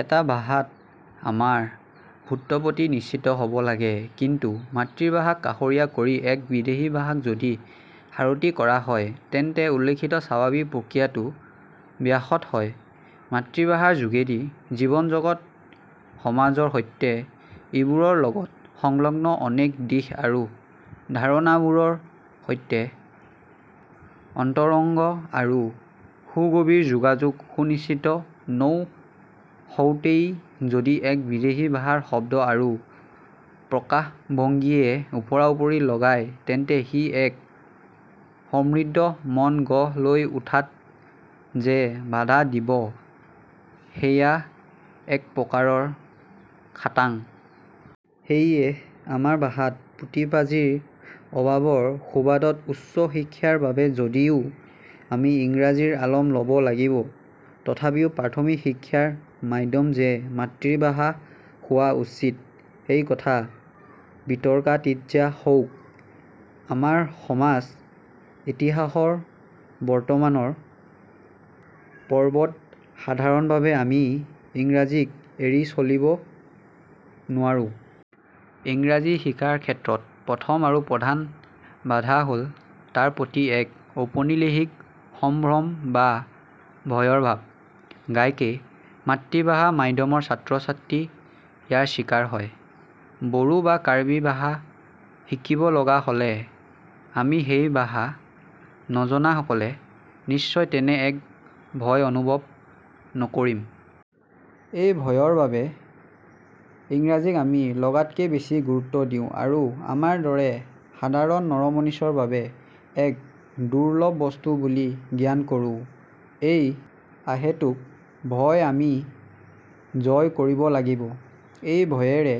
এটা ভাষাত আমাৰ ব্যুৎপত্তি নিশ্চিত হ'ব লাগে। কিন্তু মাতৃভাষাক কাষৰীয়া কৰি এক বিদেশী ভাষাক যদি সাৰথি কৰা হয় তেন্তে উল্লেখিত স্বাভাৱিক প্ৰক্ৰিয়াটো ব্যাহত হয়। মাতৃভাষাৰ যোগেদি জীৱনজগত সমাজৰ সৈতে ইবোৰৰ লগত সংলগ্ন অনেক দিশ আৰু ধাৰণাবোৰৰ সৈতে অন্তৰংগ আৰু সুগভীৰ যোগাযোগ সুনিশ্চিত নৌ হওঁতেই যদি এক বিদেশী ভাষাৰ শব্দ আৰু প্ৰকাশ ভংগীয়ে ওপৰাউপৰি লগায় তেন্তে সি এক সমৃদ্ধ মন গঢ় লৈ উঠাত যে বাধা দিব সেয়া একপ্ৰকাৰ খাটাং। সেয়ে আমাৰ ভাষাত পুথিপাঁজিৰ অভাৱৰ সুবাদত উচ্চশিক্ষাৰ বাবে যদিও আমি ইংৰাজীৰ আলম লব লাগিব তথাপি প্ৰাথমিক শিক্ষাৰ মাধ্যম যে মাতৃভাষা হোৱা উচিত সেইকথা বিতৰ্কাতীতযা হওক। আমাৰ সমাজ ইতিহাসৰ বৰ্তমানৰ পৰ্বত সাধাৰণভাৱে আমি ইংৰাজীক এৰি চলিব নোৱাৰোঁ। ইংৰাজী শিকাৰ ক্ষেত্ৰত প্ৰথম আৰু প্ৰধান বাধা হ'ল তাৰ প্ৰতি এক ঔপনিলেশিক সম্ভ্ৰম বা ভয়ৰ ভাৱ। ঘাইকে মাতৃভাষা মাধ্যমৰ ছাত্ৰছাত্ৰী ইয়াৰ চিকাৰ হয়। বড়ো বা কাৰ্বি ভাষা শিকিব লগা হ'লে আমি সেই ভাষা নজনা সকলে নিশ্চয় তেনে এক ভয় অনুভৱ নকৰিম। এই ভয়ৰ বাবে ইংৰাজীক আমি লগাতকৈ বেছি গুৰুত্ব দিওঁ আৰু আমাৰ দৰে সাধাৰণ নৰমনিচৰ বাবে এক দুৰ্লভ বস্তু বুলি জ্ঞান কৰোঁ। এই আহেতুক ভয় আমি জয় কৰিব লাগিব। এই ভয়ৰে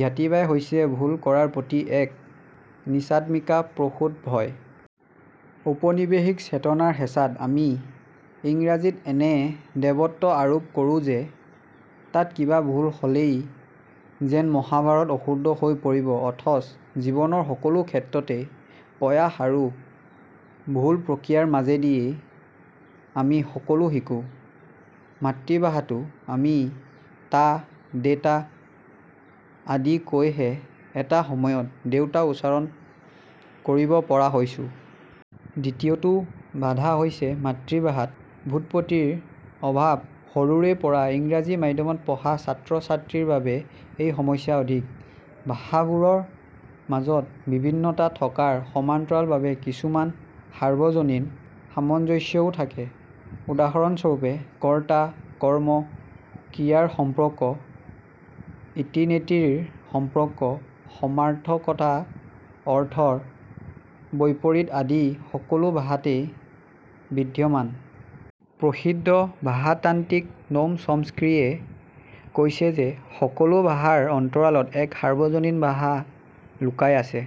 জ্ঞাতিভাই হৈছে ভুল কৰাৰ প্ৰতি এক নীচাত্মিকাপ্ৰসূত ভয়। ঔপনিৱেশিক চেতনাৰ হেঁচাত আমি ইংৰাজীত এনে দেৱত্ব আৰোপ কৰোঁ যে তাত কিবা ভুল হ'লেই যেন মহাভাৰত অশুদ্ধ হৈ পৰিব অথচ জীৱনৰ সকলো ক্ষেত্ৰতে প্ৰয়াস আৰু ভুল প্ৰক্ৰিয়াৰ মাজেদিয়ে আমি সকলো শিকোঁ। মাতৃভাষাতো আমি তা, দেতা আদি কৈহে এটা সময়ত দেউতা উচ্চাৰণ কৰিব পৰা হৈছোঁ। দ্বিতীয়টো বাধা হৈছে মাতৃভাষাত ব্যুৎপত্তিৰ অভাৱসৰুৰে পৰা ইংৰাজী মাধ্যমত পঢ়া ছাত্ৰছাত্ৰীৰ বাবে এই সমস্যা অধিক। ভাষাবোৰৰ মাজত বিভিন্নতা থকাৰ সমান্তৰালভাৱে কিছুমান সাৰ্বজনীন সামঞ্জস্যও থাকে। উদাহৰণস্বৰূপে কৰ্তা, কৰ্ম, ক্ৰিয়াৰ সম্পৰ্ক ইতিনেতিৰ সম্পৰ্ক সমাৰ্থকতা অৰ্থৰ বৈপৰীত আদি সকলো ভাষাতে বিদ্যমান। প্ৰসিদ্ধ ভাষাতাত্ত্বিক নৌম চমস্কিয়ে কৈছে যে সকলো ভাষাৰ অন্তৰালত এক সাৰ্বজনীন ভাষা লুকাই আছে।